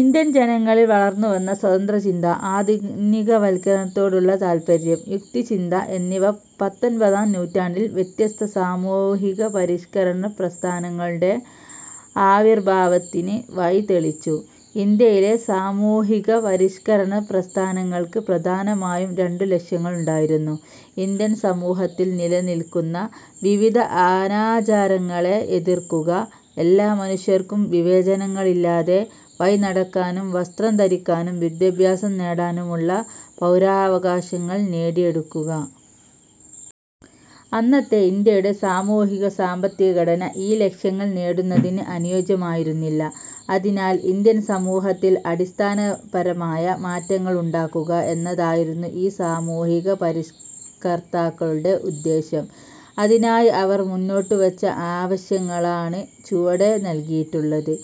Indian ജനങ്ങളിൽ വളർന്നുവന്ന സ്വതന്ത്രചിന്ത, ആധുനികവൽക്കരണത്തോടുള്ള താൽപ്പര്യം, യുക്തിചിന്ത എന്നിവ പത്തൊൻപതാം നൂറ്റാണ്ടിൽ വ്യത്യസ്ത സാമൂഹികപരിഷ്കരണ പ്രസ്ഥാനങ്ങളുടെ ആവിർഭാവത്തിന് വഴി തെളിച്ചു. ഇന്ത്യയിലെ സാമൂഹികപരിഷ്കരണ പ്രസ്ഥാനങ്ങൾക്ക് പ്രധാനമായും രണ്ടു ലക്ഷ്യങ്ങളുണ്ടായിരുന്നു. ഇന്ത്യൻ സമൂഹത്തിൽ നിലനിൽക്കുന്ന വിവിധ അനാചാരങ്ങളെ എതിർക്കുക. എല്ലാ മനുഷ്യർക്കും വിവേചനങ്ങളില്ലാതെ വഴിനടക്കാനും വസ്ത്രം ധരിക്കാനും വിദ്യാഭ്യാസം നേടാനുമുള്ള പൗരാവകാശങ്ങൾ നേടിയെടുക്കുക. അന്നത്തെ ഇന്ത്യയുടെ സാമൂഹിക-സാമ്പത്തിക ഘടന ഈ ലക്ഷ്യങ്ങൾ നേടുന്നതിന് അനുയോജ്യമായിരുന്നില്ല. അതിനാൽ ഇന്ത്യൻ സമൂഹത്തിൽ അടിസ്ഥാനപരമായ മാറ്റങ്ങളുണ്ടാക്കുക എന്നതായിരുന്നു ഈ സാമൂഹിക പരിഷ്കർത്താക്കളുടെ ഉദ്ദേശ്യം. അതിനായി അവർ മുന്നോട്ടുവച്ച ആവശ്യങ്ങളാണ് ചുവടെ നൽകിയിട്ടുള്ളത്.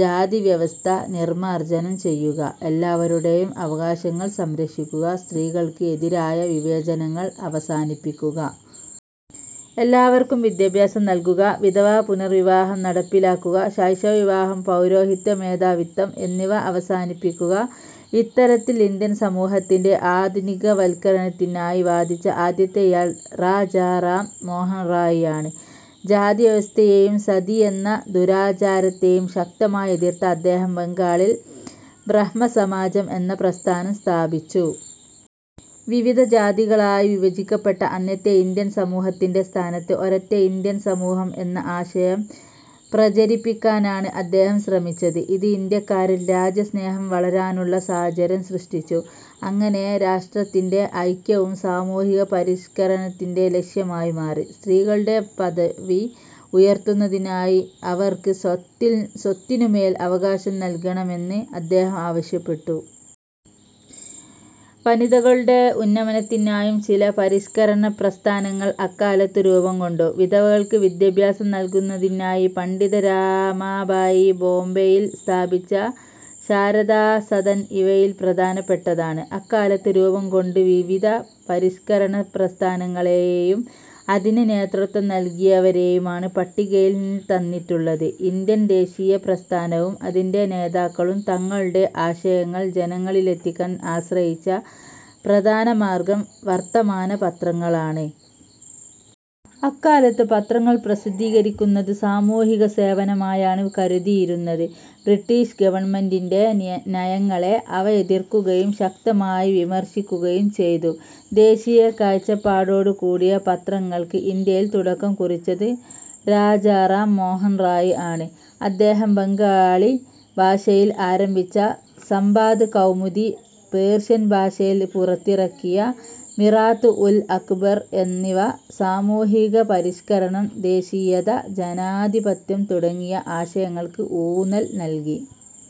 ജാതിവ്യവസ്ഥ നിർമാർജനം ചെയ്യുക. എല്ലാവരുടെയും അവകാശങ്ങൾ സംരക്ഷിക്കുക. സ്ത്രീകൾക്ക് എതിരായ വിവേചനങ്ങൾ അവസാനിപ്പിക്കുക. എല്ലാവർക്കും വിദ്യാഭ്യാസം നൽകുക. വിധവാ പുനർവിവാഹം നടപ്പിലാക്കുക. ശൈശവ വിവാഹം, പൗരോഹിത്യ മേധാവിത്വം എന്നിവ അവസാനിപ്പിക്കുക. ഇത്തരത്തിൽ ഇന്ത്യൻ സമൂഹത്തിന്റെ ആധുനികവൽക്കരണത്തിനായി വാദിച്ച ആദ്യത്തെയാൾ രാജാ റാം മോഹൻ റായ് ആണ്. ജാതിവ്യവസ്ഥയെയും 'സതി' എന്ന ദുരാചാരത്തെയും ശക്തമായി എതിർത്ത അദ്ദേഹം ബംഗാളിൽ "ബ്രഹ്മസമാജം' എന്ന പ്രസ്ഥാനം സ്ഥാപിച്ചു. വിവിധ ജാതികളായി വിഭജിക്കപ്പെട്ട അന്നത്തെ ഇന്ത്യൻ സമൂഹത്തിന്റെ സ്ഥാനത്ത് ഒരൊറ്റ ഇന്ത്യൻ സമൂഹം എന്ന ആശയം പ്രചരിപ്പിക്കാനാണ് അദ്ദേഹം ശ്രമിച്ചത്. ഇത് ഇന്ത്യക്കാരിൽ രാജ്യസ്നേഹം വളരാനുള്ള സാഹചര്യം സൃഷ്ടിച്ചു. അങ്ങനെ രാഷ്ട്രത്തിന്റെ ഐക്യവും സാമൂഹികപരിഷ്കരണത്തിന്റെ ലക്ഷ്യമായി മാറി. സ്ത്രീകളുടെ പദവി ഉയർത്തുന്നതിനായി അവർക്ക് സ്വത്തിനുമേൽ അവകാശം നൽകണമെന്ന് അദ്ദേഹം ആവശ്യപ്പെട്ടു. വനിതകളുടെ ഉന്നമനത്തിനായും ചില പരിഷ്കരണപ്രസ്ഥാനങ്ങൾ അക്കാലത്ത് രൂപംകൊണ്ടു. വിധവകൾക്ക് വിദ്യാഭ്യാസം നൽകുന്നതിനായി പണ്ഡിത രമാബായി ബോംബെയിൽ സ്ഥാപിച്ച ശാരദാ സദൻ ഇവയിൽ പ്രധാനപ്പെട്ടതാണ്. അക്കാലത്ത് രൂപം കൊണ്ട് വിവിധ പരി ഷ്കരണ പ്രസ്ഥാനങ്ങളെയും അതിന് നേതൃത്വം നൽകിയവരെയുമാണ് പട്ടികയിൽ തന്നിട്ടുള്ളത്. ഇന്ത്യൻ ദേശീയപ്രസ്ഥാനവും അതിന്റെ നേതാക്കളും തങ്ങളുടെ ആശയങ്ങൾ ജനങ്ങളിലെത്തിക്കാൻ ആശ്രയിച്ച പ്രധാനമാർഗം വർത്തമാനപത്രങ്ങളാണ്. അക്കാലത്ത് പത്രങ്ങൾ പ്രസിദ്ധീകരിക്കുന്നത് സാമൂഹികസേവനമായാണ് കരുതിയിരുന്നത്. ബ്രിട്ടീഷ് ഗവൺമെന്റിന്റെ നയങ്ങളെ അവ എതിർക്കുകയും ശക്തമായി വിമർശിക്കുകയും ചെയ്തു. ദേശീയ കാഴ്ചപ്പാടോടുകൂടിയ പത്രങ്ങൾക്ക് ഇന്ത്യയിൽ തുടക്കം കുറിച്ചത് രാജാറാം മോഹൻ റായ് ആണ്. അദ്ദേഹം ബംഗാളി ഭാഷയിൽ ആരംഭിച്ച "സംബാദ് കൗമുദി', പേർഷ്യൻ ഭാഷയിൽ പുറത്തിറക്കിയ "മിറാത് ഉൽ അക്ബർ എന്നിവ സാമൂഹികപരിഷ്കരണം, ദേശീയത, ജനാധിപത്യം തുടങ്ങിയ ആശയങ്ങൾക്ക് ഊന്നൽ നൽകി.